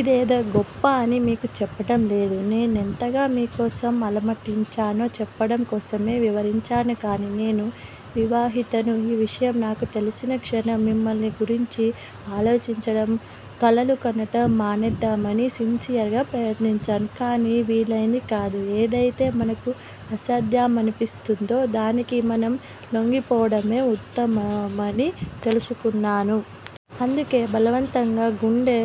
ఇదేదో గొప్ప అని మీకు చెప్పడం లేదు నేనెంతగా మీకోసం అలమటించానో చెప్పడం కోసమే వివరించాను కానీ నేను వివాహితను ఈ విషయం నాకు తెలిసిన క్షణం మిమ్మల్ని గురించి ఆలోచించడం, కలలు కనడం మానేద్దామని సిన్సియర్ గా ప్రయత్నించాను కానీ వీలయింది కాదు. ఏదయితే మనకు అసాధ్యమనిపిస్తుందో దానికి మనం లొంగిపోవడమే ఉత్తమమని తెలుసుకున్నాను. అందుకే బలవంతంగా గుండె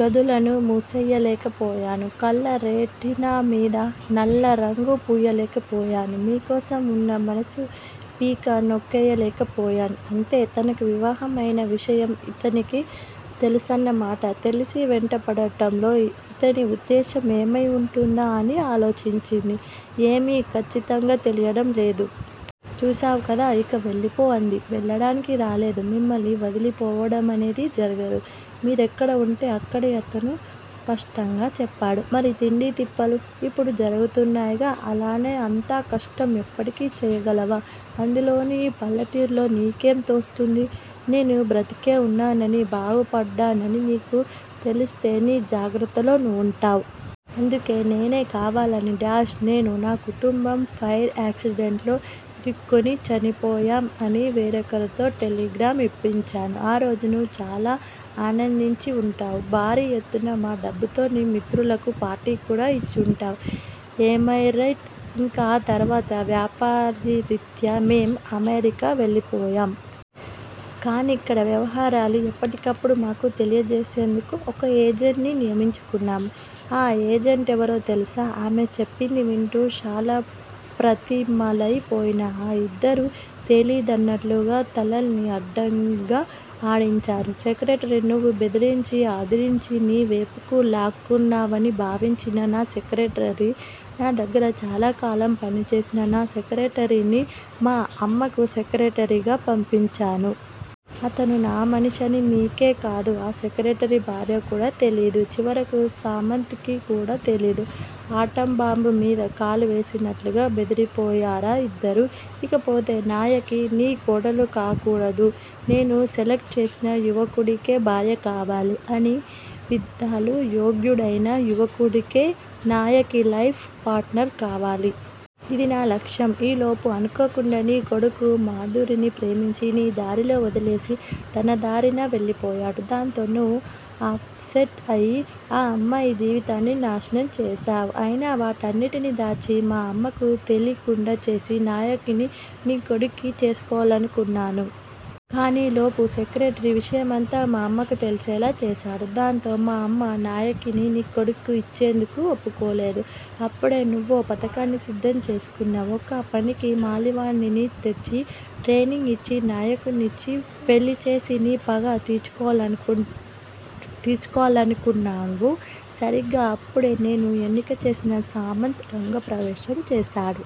గదులను మూసెయ్యలేకపోయాను. కళ్ళ రెటీనామీద నల్లరంగు పూయలేకపోయాను. మీకోసమే వున్న మనసు పీక నొక్కేయలేక పోయాను అంతే తనకు వివాహం అయిన విషయం ఇతనికి తెలుసన్న మాట. తెలిసీ వెంట పడడంలో ఇతని ఉద్దేశ్యం ఏమై ఉంటుందా అని ఆలోచించింది. ఏమీ ఖచ్చితంగా తెలియడం లేదు. చూశావు కదా! ఇక వెళ్ళిపో అంది. వెళ్ళడానికి రాలేదు. మిమ్మల్ని వదిలిపోవడమనేది జరగదు! మీరెక్కడ వుంటే అక్కడే అతను స్పష్టంగా చెప్పాడు. మరి తిండీ తిప్పలు? ఇప్పుడు జరుగుతున్నాయిగా అలానే అంత కష్టం ఎప్పటికీ చేయగలవా అందులోనూ ఈ పల్లెటూర్లో నీకేం తోస్తుంది? నేను బ్రతికే ఉన్నానని, బాగుపడ్డానని నీకు తెలిస్తే నీ జాగ్రత్తలో నువ్వుంటావు. అందుకే నేనే కావాలని-నేను నా కుటుంబం ఫైర్ యాక్సిడెంట్ లో ఇరుక్కుని చనిపోయాం అని వేరొకరితో టెలిగ్రామ్ ఇప్పించాను. ఆరోజు నువ్వు చాలా ఆనందించి ఉంటావు. భారీ ఎత్తున మా డబ్బుతో నీ మిత్రులకు పార్టీకూడా ఇచ్చుంటావ్. ఏమైరైట్? ఇంకా ఆ తరువాత వ్యాపారరీత్యా మేం అమెరికా వెళ్ళిపోయాం. కానిక్కడ వ్యవహారాలు ఎప్పటికప్పుడు మాకు తెలియజేసేందుకు ఒక ఏజెంట్ ని నియమించుకున్నాం. ఆ ఏజెంటెవరో తెలుసా? ఆమె చెప్పేది వింటూ శిలాప్రతిమలయి పోయిన ఆ ఇద్దరూ తెలీదన్నట్లుగా తలల్ని అడ్డంగా ఆడించారు. సెక్రటరీ నువ్వు బెదిరించి, అదిరించి నీవేపుకు లాక్కున్నావని భావించిన నా సెక్రెటరీ. నా దగ్గర చాలాకాలం పనిచేసిన నా సెక్రెటరీని మా అమ్మకు సెక్రటరీగా పంపించాను. అతను నా మనిషని మీకే కాదు ఆ సెక్రటరీ భార్యకు కూడా తెలీదు. చివరకు సామంత్ కి కూడా తెలీదు ఆటంబాంబు మీద కాలు వేసినట్లుగా బెదిరిపోయారా యిద్దరూ. ఇకపోతే నాయకి నీ కోడలు కాకూడదు. నేను సెలెక్టు చేసిన యువకుడికే భార్య కావాలి. అన్ని విధాల యోగ్యుడయిన యువకుడికే నాయకి లైఫ్ పార్టనర్ కావాలి. ఇది నా లక్ష్యం. ఈలోపు అనుకోకుండా నీ కొడుకు మాధురిని ప్రేమించి నీ దారిని వదిలేసి తనదారిన వెళ్ళిపోయాడు. దాంతో నువ్వు అప్ సెట్ అయి ఆ అమ్మాయి జీవితాన్ని నాశనం చేసావు. అయినా వాటన్నింటిని దాచి, మా అమ్మకు తెలీకుండా చేసి నాయకిని నీ కొడుక్కి చేసుకోవాలనుకున్నావు. కానీలోపు సెక్రటరీ విషయమంతా మా అమ్మకు తెలిసేలా చేసాడు. దాంతో మా అమ్మ నాయకిని నీ కొడుక్కి ఇచ్చేందుకు ఒప్పుకోలేదు. అప్పుడే నువ్వో పథకాన్ని సిద్ధం చేసుకున్నావు. ఒక పనికి మాలినవాడ్ని తెచ్చి ట్రైనింగ్ ఇచ్చి నాయకినిచ్చి పెళ్ళి చేసి నీ పగ తీర్చుకోవాలనుకున్నావు. సరీగ్గా అప్పుడే నేను ఎన్నిక చేసిన సామంత్ రంగప్రవేశం చేశాడు.